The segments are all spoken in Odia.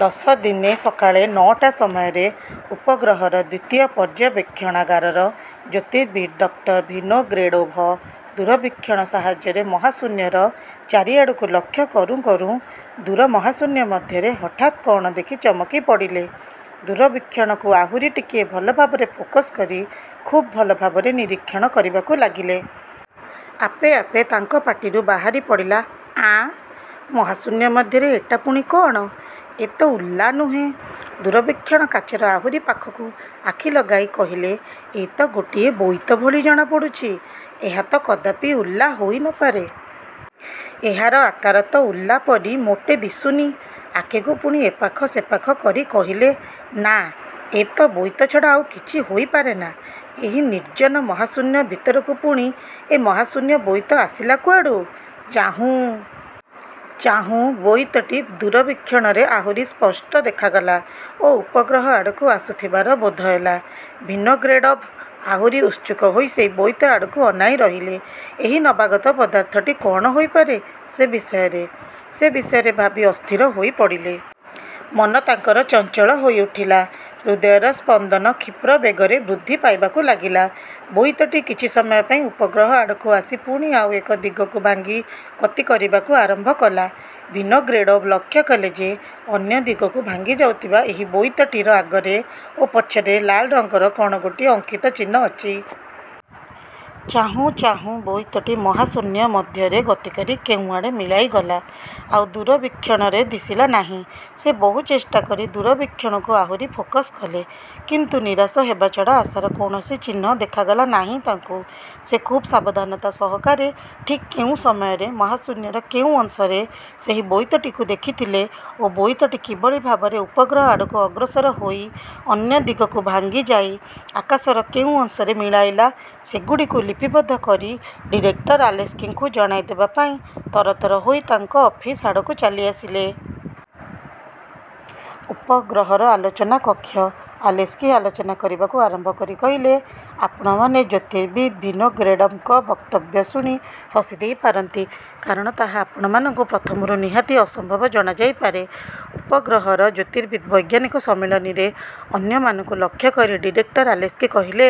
ଦଶ ଦିନେ ସକାଳେ ନ'ଟା ସମୟରେ ଉପଗ୍ରହର ଦ୍ୱିତୀୟ ପର୍ଯ୍ୟବେକ୍ଷଣାଗାରର ଜ୍ୟୋତିର୍ବିଦ୍ ଡକ୍ଟର ଭିନୋଗ୍ରେଡ଼ୋଭ ଦୂରବୀକ୍ଷଣ ସାହାଯ୍ୟରେ ମହାଶୂନ୍ୟର ଚାରିଆଡ଼କୁ ଲକ୍ଷ୍ୟ କରୁଁ କରୁଁ ଦୂର ମହାଶୂନ୍ୟ ମଧ୍ୟରେ ହଠାତ୍ କ'ଣ ଦେଖି ଚମକି ପଡ଼ିଲେ। ଦୂରବୀକ୍ଷଣକୁ ଆହୁରି ଟିକିଏ ଭଲ ଭାବରେ ଫୋକସ୍ କରି ଖୁବ୍ ଭଲ ଭାବରେ ନିରୀକ୍ଷଣ କରିବାକୁ ଲାଗିଲେ। ଆପେ ଆପେ ତାଙ୍କ ପାଟିରୁ ବାହାରି ପଡ଼ିଲା, ''ଆଁ, ମହାଶୂନ୍ୟ ମଧ୍ୟରେ ଏ'ଟା ପୁଣି କଅଣ? ଏ ତ ଉଲ୍କା ନୁହେଁ! '' ଦୂରବୀକ୍ଷଣ କାଚର ଆହୁରି ପାଖକୁ ଆଖି ଲଗାଇ କହିଲେ, ''ଏ ତ ଗୋଟିଏ ବୋଇତ ଭଳି ଜଣାପଡ଼ୁଛି। ଏହା ତ କଦାପି ଉଲ୍କା ହୋଇ ନ ପାରେ। ଏହାର ଆକାର ତ ଉଲ୍କା ପରି ମୋଟେ ଦିଶୁନି। '' ଆଖିକୁ ପୁଣି ଏପାଖ ସେପାଖ କରି କହିଲେ, ''ନାଁ, ଏ ତ ବୋଇତ ଛଡ଼ା ଆଉ କିଛି ହୋଇପାରେନା। ଏହି ନିର୍ଜ୍ଜନ ମହାଶୂନ୍ୟ ଭିତରକୁ ପୁଣି ଏ ମହାଶୂନ୍ୟ ବୋଇତ ଆସିଲା କୁଆଡ଼ୁ? '' ଚାହୁଁ। ଚାହୁଁ ବୋଇତଟି ଦୂରବୀକ୍ଷଣରେ ଆହୁରି ସ୍ପଷ୍ଟ ଦେଖାଗଲା ଓ ଉପଗ୍ରହ ଆଡ଼କୁ ଆସୁଥିବାର ବୋଧହେଲା। ଭିନୋଗ୍ରେଡ଼ୋଭ୍ ଆହୁରି ଉତ୍ସୁକ ହୋଇ ସେଇ ବୋଇତ ଆଡ଼କୁ ଅନାଇ ରହିଲେ। ଏହି ନବାଗତ ପଦାର୍ଥଟି କଅଣ ହୋଇପାରେ, ସେ ବିଷୟରେ, ସେ ବିଷୟରେ ଭାବି ଅସ୍ଥିର ହୋଇ ପଡ଼ିଲେ। ମନ ତାଙ୍କର ଚଞ୍ଚଳ ହୋଇଉଠିଲା, ହୃଦୟର ସ୍ପନ୍ଦନ କ୍ଷୀପ୍ରବେଗରେ ବୃଦ୍ଧି ପାଇବାକୁ ଲାଗିଲା। ବୋଇତଟି କିଛି ସମୟ ପାଇଁ ଉପଗ୍ରହ ଆଡ଼କୁ ଆସି ପୁଣି ଆଉ ଏକ ଦିଗକୁ ଭାଙ୍ଗି ଗତି କରିବାକୁ ଆରମ୍ଭ କଲା। ଭିନୋଗ୍ରେଡ଼ୋଭ୍ ଲକ୍ଷ୍ୟ କଲେ ଯେ ଅନ୍ୟ ଦିଗକୁ ଭାଙ୍ଗିଯାଉଥିବା ଏହି ବୋଇତଟିର ଆଗରେ ଓ ପଛରେ ଲାଲ ରଙ୍ଗର କ'ଣ ଗୋଟିଏ ଅଙ୍କିତ ଚିହ୍ନ ଅଛି। ଚାହୁଁ ଚାହୁଁ ବୋଇତଟି ମହାଶୂନ୍ୟ ମଧ୍ୟରେ ଗତିକରି କେଉଁଆଡ଼େ ମିଳାଇଗଲା; ଆଉ ଦୂରବୀକ୍ଷଣରେ ଦିଶିଲା ନାହିଁ। ସେ ବହୁ ଚେଷ୍ଟାକରି ଦୂରବୀକ୍ଷଣକୁ ଆହୁରି ଫୋକସ୍ କଲେ; କିନ୍ତୁ ନିରାଶ ହେବା ଛଡ଼ା ଆଶାର କୌଣସି ଚିହ୍ନ ଦେଖାଗଲା ନାହିଁ ତାଙ୍କୁ। ସେ ଖୁବ୍ ସାବଧାନତା ସହକାରେ ଠିକ୍ କେଉଁ ସମୟରେ ମହାଶୂନ୍ୟର କେଉଁ ଅଂଶରେ ସେହି ବୋଇତଟିକୁ ଦେଖିଥିଲେ ଓ ବୋଇତଟି କିଭଳି ଭାବରେ ଉପଗ୍ରହ ଆଡ଼କୁ ଅଗ୍ରସର ହୋଇ ଅନ୍ୟ ଦିଗକୁ ଭାଙ୍ଗିଯାଇ ଆକାଶର କେଉଁ ଅଂଶରେ ମିଳାଇଲା, ସେଗୁଡ଼ିକୁ ଲିପିବଦ୍ଧ କରି ଡିରେକ୍ଟର ଆଲେସ୍କିଙ୍କୁ ଜଣାଇଦେବା ପାଇଁ ତରତର ହୋଇ ତାଙ୍କ ଅଫିସ ଆଡ଼କୁ ଚାଲିଆସିଲେ। ଉପଗ୍ରହର ଆଲୋଚନା କକ୍ଷ। ଆଲେସ୍କି ଆଲୋଚନା କରିବାକୁ ଆରମ୍ଭ କରି କହିଲେ-''ଆପଣମାନେ ଜ୍ୟୋତିର୍ବିଦ୍ ଭିନୋଗ୍ରେଡ଼ୋଭ୍ଙ୍କ ବକ୍ତବ୍ୟ ଶୁଣି ହସିଦେଇ ପାରନ୍ତି। କାରଣ ତାହା ଆପଣମାନଙ୍କୁ ପ୍ରଥମରୁ ନିହାତି ଅସମ୍ଭବ ଜଣାଯାଇପାରେ। '' ଉପଗ୍ରହର ଜ୍ୟୋତିର୍ବିଦ୍ ବୈଜ୍ଞାନିକ ସମ୍ମିଳନୀରେ ଅନ୍ୟମାନଙ୍କୁ ଲକ୍ଷ୍ୟ କରି ଡିରେକ୍ଟର ଆଲେସ୍କି କହିଲେ,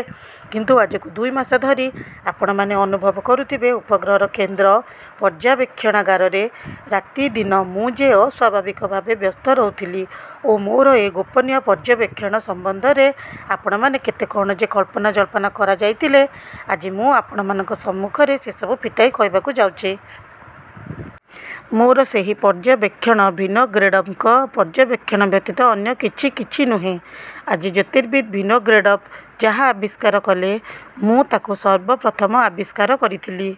''କିନ୍ତୁ ଆଜକୁ ଦୁଇମାସ ଧରି ଆପଣମାନେ ଅନୁଭବ କରୁଥିବେ, ଉପଗ୍ରହର କେନ୍ଦ୍ର ପର୍ଯ୍ୟାବେକ୍ଷଣାଗାରରେ ରାତିଦିନ ମୁଁ ଯେ ଅସ୍ୱାଭାବିକ ଭାବେ ବ୍ୟସ୍ତ ରହୁଥିଲି ଓ ମୋର ଏ ଗୋପନୀୟ ପର୍ଯ୍ୟବେକ୍ଷଣ ସମ୍ବନ୍ଧରେ ଆପଣମାନେ କେତେ କ'ଣ ଯେ କଳ୍ପନା-ଜଳ୍ପନା କରାଯାଇଥିଲେ; ଆଜି ମୁଁ ଆପଣମାନଙ୍କ ସମ୍ମୁଖରେ ସେ ସବୁ ଫିଟାଇ କହିବାକୁ ଯାଉଛି। ମୋର ସେହି ପର୍ଯ୍ୟବେକ୍ଷଣ ଭିନୋଗ୍ରେଡ଼ୋଭ୍ଙ୍କ ପର୍ଯ୍ୟବେକ୍ଷଣ ବ୍ୟତୀତ ଅନ୍ୟ କିଛି କିଛି ନୁହେଁ। ଆଜି ଜ୍ୟୋତିର୍ବିଦ୍ ଭିନୋଗ୍ରେଡ଼ୋଭ୍ ଯାହା ଆବିଷ୍କାର କଲେ, ମୁଁ ତା'କୁ ସର୍ବପ୍ରଥମ ଆବିଷ୍କାର କରିଥିଲି